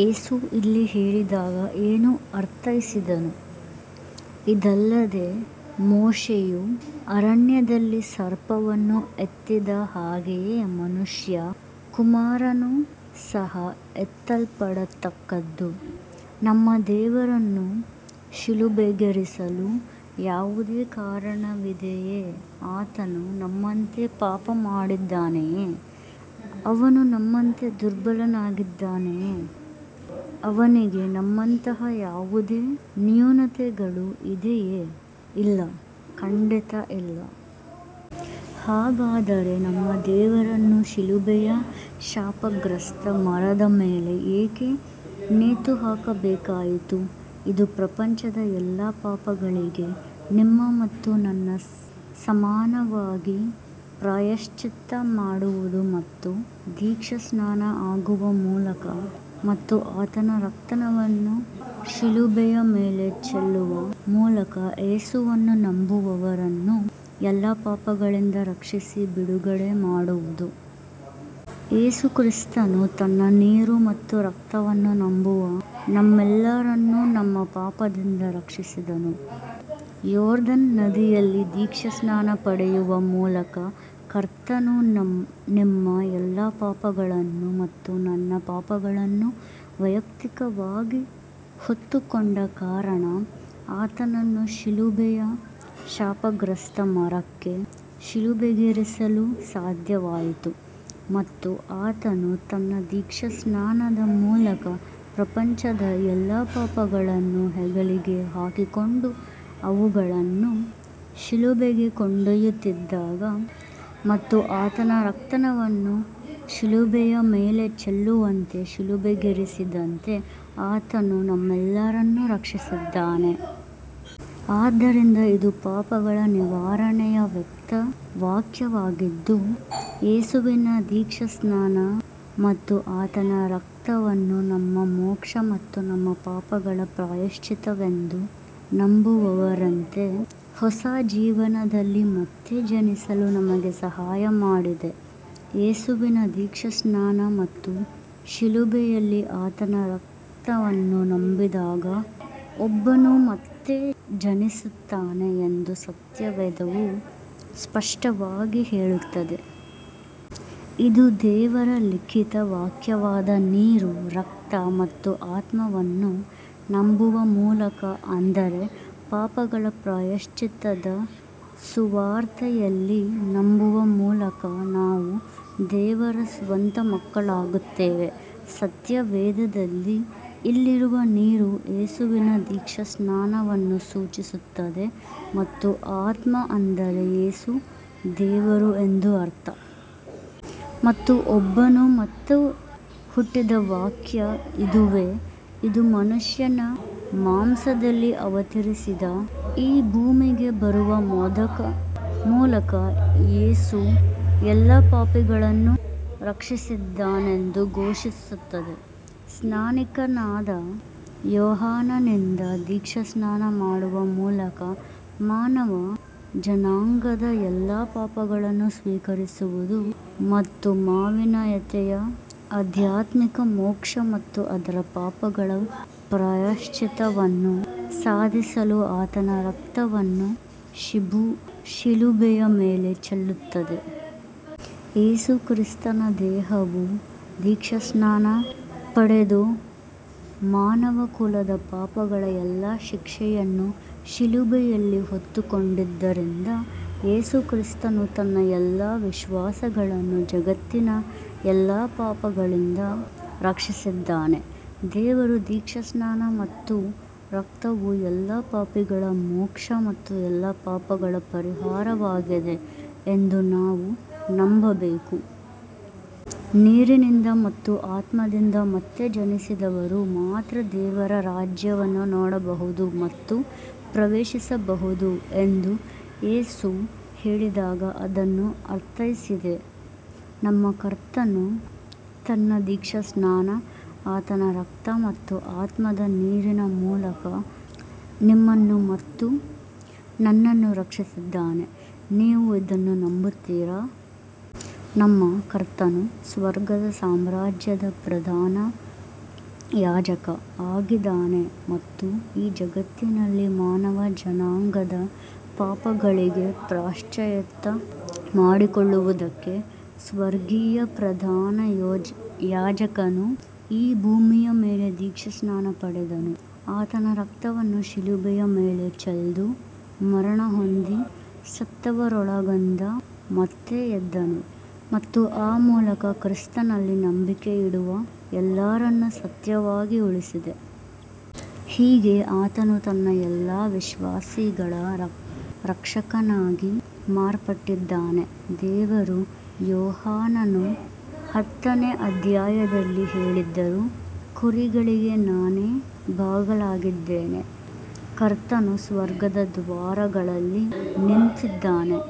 ಯೇಸು ಇಲ್ಲಿ ಹೇಳಿದಾಗ ಏನು ಅರ್ಥೈಸಿದನು, "ಇದಲ್ಲದೆ ಮೋಶೆಯು ಅರಣ್ಯದಲ್ಲಿ ಸರ್ಪವನ್ನು ಎತ್ತಿದ ಹಾಗೆಯೇ ಮನುಷ್ಯ ಕುಮಾರನು ಸಹ ಎತ್ತಲ್ಪಡತಕ್ಕದ್ದು" ನಮ್ಮ ದೇವರನ್ನು ಶಿಲುಬೆಗೇರಿಸಲು ಯಾವುದೇ ಕಾರಣವಿದೆಯೇ ಆತನು ನಮ್ಮಂತೆ ಪಾಪ ಮಾಡಿದ್ದಾನೆಯೇ? ಅವನು ನಮ್ಮಂತೆ ದುರ್ಬಲನಾಗಿದ್ದನೇ? ಅವನಿಗೆ ನಮ್ಮಂತಹ ಯಾವುದೇ ನ್ಯೂನತೆಗಳು ಇದೆಯೇ? ಇಲ್ಲ ಖಂಡಿತ ಇಲ್ಲ. ಹಾಗಾದರೆ ನಮ್ಮ ದೇವರನ್ನು ಶಿಲುಬೆಯ ಶಾಪಗ್ರಸ್ತ ಮರದ ಮೇಲೆ ಏಕೆ ನೇತುಹಾಕಬೇಕಾಯಿತು? ಇದು ಪ್ರಪಂಚದ ಎಲ್ಲಾ ಪಾಪಗಳಿಗೆ, ನಿಮ್ಮ ಮತ್ತು ನನ್ನ ಸಮಾನವಾಗಿ ಪ್ರಾಯಶ್ಚಿತ್ತ ಮಾಡುವುದು ಮತ್ತು ದೀಕ್ಷಾಸ್ನಾನ ಆಗುವ ಮೂಲಕ ಮತ್ತು ಆತನ ರಕ್ತವನ್ನು ಶಿಲುಬೆಯ ಮೇಲೆ ಚೆಲ್ಲುವ ಮೂಲಕ ಯೇಸುವನ್ನು ನಂಬುವವರನ್ನು ಎಲ್ಲ ಪಾಪಗಳಿಂದ ರಕ್ಷಿಸಿ ಬಿಡುಗಡೆ ಮಾಡುವುದು. ಯೇಸು ಕ್ರಿಸ್ತನು ತನ್ನ ನೀರು ಮತ್ತು ರಕ್ತವನ್ನು ನಂಬುವ ನಮ್ಮೆಲ್ಲರನ್ನೂ ನಮ್ಮ ಪಾಪದಿಂದ ರಕ್ಷಿಸಿದನು. ಯೋರ್ದನ್ ನದಿಯಲ್ಲಿ ದೀಕ್ಷಾಸ್ನಾನ ಪಡೆಯುವ ಮೂಲಕ ಕರ್ತನು ನಿಮ್ಮ ಎಲ್ಲಾ ಪಾಪಗಳನ್ನು ಮತ್ತು ನನ್ನ ಪಾಪಗಳನ್ನು ವೈಯಕ್ತಿಕವಾಗಿ ಹೊತ್ತುಕೊಂಡ ಕಾರಣ, ಆತನನ್ನು ಶಿಲುಬೆಯ ಶಾಪಗ್ರಸ್ತ ಮರಕ್ಕೆ ಶಿಲುಬೆಗೇರಿಸಲು ಸಾಧ್ಯವಾಯಿತು; ಮತ್ತು ಆತನು ತನ್ನ ದೀಕ್ಷಾಸ್ನಾನದ ಮೂಲಕ ಪ್ರಪಂಚದ ಎಲ್ಲಾ ಪಾಪಗಳನ್ನು ಹೆಗಲಿಗೆ ಹಾಕಿಕೊಂಡು, ಅವುಗಳನ್ನು ಶಿಲುಬೆಗೆ ಕೊಂಡೊಯ್ಯುತ್ತಿದ್ದಾಗ ಮತ್ತು ಆತನ ರಕ್ತವನ್ನು ಶಿಲುಬೆಯ ಮೇಲೆ ಚೆಲ್ಲುವಂತೆ ಶಿಲುಬೆಗೇರಿಸಿದಂತೆ, ಆತನು ನಮ್ಮೆಲ್ಲರನ್ನೂ ರಕ್ಷಿಸಿದ್ದಾನೆ. ಆದ್ದರಿಂದ ಇದು ಪಾಪಗಳ ನಿವಾರಣೆಯ ವಾಕ್ಯವಾಗಿದ್ದು, ಯೇಸುವಿನ ದೀಕ್ಷಾಸ್ನಾನ ಮತ್ತು ಆತನ ರಕ್ತವನ್ನು ನಮ್ಮ ಮೋಕ್ಷ ಮತ್ತು ನಮ್ಮ ಪಾಪಗಳ ಪ್ರಾಯಶ್ಚಿತ್ತವೆಂದು ನಂಬುವವರಂತೆ ಹೊಸ ಜೀವನದಲ್ಲಿ ಮತ್ತೆ ಜನಿಸಲು ನಮಗೆ ಸಹಾಯ ಮಾಡಿದೆ. ಯೇಸುವಿನ ದೀಕ್ಷಾಸ್ನಾನ ಮತ್ತು ಶಿಲುಬೆಯಲ್ಲಿ ಆತನ ರಕ್ತವನ್ನು ನಂಬಿದಾಗ ಒಬ್ಬನು ಮತ್ತೆ ಜನಿಸುತ್ತಾನೆ ಎಂದು ಸತ್ಯವೇದವು ಸ್ಪಷ್ಟವಾಗಿ ಹೇಳುತ್ತದೆ. ಇದು ದೇವರ ಲಿಖಿತ ವಾಕ್ಯವಾದ ನೀರು, ರಕ್ತ ಮತ್ತು ಆತ್ಮವನ್ನು ನಂಬುವ ಮೂಲಕ ಅಂದರೆ, ಪಾಪಗಳ ಪ್ರಾಯಶ್ಚಿತ್ತದ ಸುವಾರ್ತೆಯಲ್ಲಿ ನಂಬುವ ಮೂಲಕ ನಾವು ದೇವರ ಸ್ವಂತ ಮಕ್ಕಳಾಗುತ್ತೇವೆ. ಸತ್ಯವೇದದಲ್ಲಿ, ಇಲ್ಲಿರುವ ನೀರು ಯೇಸುವಿನ ದೀಕ್ಷಾಸ್ನಾನವನ್ನು ಸೂಚಿಸುತ್ತದೆ ಮತ್ತು ಆತ್ಮ ಅಂದರೆ ಯೇಸು ದೇವರು ಎಂದು ಅರ್ಥ, ಮತ್ತು ಒಬ್ಬನು ಮತ್ತೆ ಹುಟ್ಟಿದ ವಾಕ್ಯ ಇದುವೇ, ಇದು ಮನುಷ್ಯನ ಮಾಂಸದಲ್ಲಿ ಅವತರಿಸಿದ ಈ ಭೂಮಿಗೆ ಬರುವ ಮೂಲಕ ಯೇಸು ಎಲ್ಲಾ ಪಾಪಿಗಳನ್ನು ರಕ್ಷಿಸಿದ್ದಾನೆಂದು ಘೋಷಿಸುತ್ತದೆ, ಸ್ನಾನಿಕನಾದ ಯೋಹಾನನಿಂದ ದೀಕ್ಷಾಸ್ನಾನ ಮಾಡುವ ಮೂಲಕ ಮಾನವ ಜನಾಂಗದ ಎಲ್ಲಾ ಪಾಪಗಳನ್ನು ಸ್ವೀಕರಿಸುವುದು, ಮತ್ತು ಮಾನವೀಯತೆಯ ಆಧ್ಯಾತ್ಮಿಕ ಮೋಕ್ಷ ಮತ್ತು ಅದರ ಪಾಪಗಳ ಪ್ರಾಯಶ್ಚಿತ್ತವನ್ನು ಸಾಧಿಸಲು ಆತನ ರಕ್ತವನ್ನು ಶಿಲುಬೆಯ ಮೇಲೆ ಚೆಲ್ಲುತ್ತದೆ. ಯೇಸುಕ್ರಿಸ್ತನ ದೇಹವು ದೀಕ್ಷಾಸ್ನಾನ ಪಡೆದು ಮಾನವಕುಲದ ಪಾಪಗಳ ಎಲ್ಲಾ ಶಿಕ್ಷೆಯನ್ನು ಶಿಲುಬೆಯಲ್ಲಿ ಹೊತ್ತುಕೊಂಡಿದ್ದರಿಂದ, ಯೇಸು ಕ್ರಿಸ್ತನು ತನ್ನ ಎಲ್ಲ ವಿಶ್ವಾಸಿಗಳನ್ನು ಜಗತ್ತಿನ ಎಲ್ಲಾ ಪಾಪಗಳಿಂದ ರಕ್ಷಿಸಿದ್ದಾನೆ. ದೇವರ ದೀಕ್ಷಾಸ್ನಾನ ಮತ್ತು ರಕ್ತವು ಎಲ್ಲಾ ಪಾಪಿಗಳ ಮೋಕ್ಷ ಮತ್ತು ಎಲ್ಲಾ ಪಾಪಗಳ ಪರಿಹಾರವಾಗಿದೆ ಎಂದು ನಾವು ನಂಬಬೇಕು. ನೀರಿನಿಂದ ಮತ್ತು ಆತ್ಮದಿಂದ ಮತ್ತೆ ಜನಿಸಿದವರು ಮಾತ್ರ ದೇವರ ರಾಜ್ಯವನ್ನು ನೋಡಬಹುದು ಮತ್ತು ಪ್ರವೇಶಿಸಬಹುದು ಎಂದು ಯೇಸು ಹೇಳಿದಾಗ ಅದನ್ನೇ ಅರ್ಥೈಸಿದೆ. ನಮ್ಮ ಕರ್ತನು ತನ್ನ ದೀಕ್ಷಾಸ್ನಾನ, ಆತನ ರಕ್ತ ಮತ್ತು ಆತ್ಮದ ನೀರಿನ ಮೂಲಕ ನಿಮ್ಮನ್ನು ಮತ್ತು ನನ್ನನ್ನು ರಕ್ಷಿಸಿದ್ದಾನೆ. ನೀವು ಇದನ್ನು ನಂಬುತ್ತೀರಾ? ನಮ್ಮ ಕರ್ತನು "ಸ್ವರ್ಗದ ಸಾಮ್ರಾಜ್ಯದ ಪ್ರಧಾನ ಯಾಜಕ" ಆಗಿದಾನೆ ಮತ್ತು ಈ ಜಗತ್ತಿನಲ್ಲಿ ಮಾನವ ಜನಾಂಗದ ಪಾಪಗಳಿಗೆ ಪ್ರಾಯಶ್ಚಿತ್ತ ಮಾಡಿಕೊಳ್ಳುವುದಕ್ಕೆ, ಸ್ವರ್ಗೀಯ ಪ್ರಧಾನ ಯಾಜಕನು ಈ ಭೂಮಿಯ ಮೇಲೆ ದೀಕ್ಷಾಸ್ನಾನ ಪಡೆದನು, ಆತನ ರಕ್ತವನ್ನು ಶಿಲುಬೆಯ ಮೇಲೆ ಚೆಲ್ದು ಮರಣ ಹೊಂದಿ, ಸತ್ತವರೊಳಗಿಂದ ಮತ್ತೆ ಎದ್ದನು, ಮತ್ತು ಆ ಮೂಲಕ ಕ್ರಿಸ್ತನಲ್ಲಿ ನಂಬಿಕೆಯಿಡುವ ಎಲ್ಲರನ್ನು ಸತ್ಯವಾಗಿ ಉಳಿಸಿದೆ. ಹೀಗೆ ಆತನು ತನ್ನ ಎಲ್ಲ ವಿಶ್ವಾಸಿಗಳ ರಕ್ಷಕನಾಗಿ ಮಾರ್ಪಟ್ಟಿದ್ದಾನೆ. ದೇವರು ಯೋಹಾನನು ಹತ್ತನೇ ಅಧ್ಯಾಯದಲ್ಲಿ ಹೇಳಿದರು, "ಕುರಿಗಳಿಗೆ ನಾನೇ ಬಾಗಲಾಗಿದ್ದೇನೆ. " ಕರ್ತನು ಸ್ವರ್ಗದ ದ್ವಾರಗಳಲ್ಲಿ ನಿಂತಿದ್ದಾನೆ.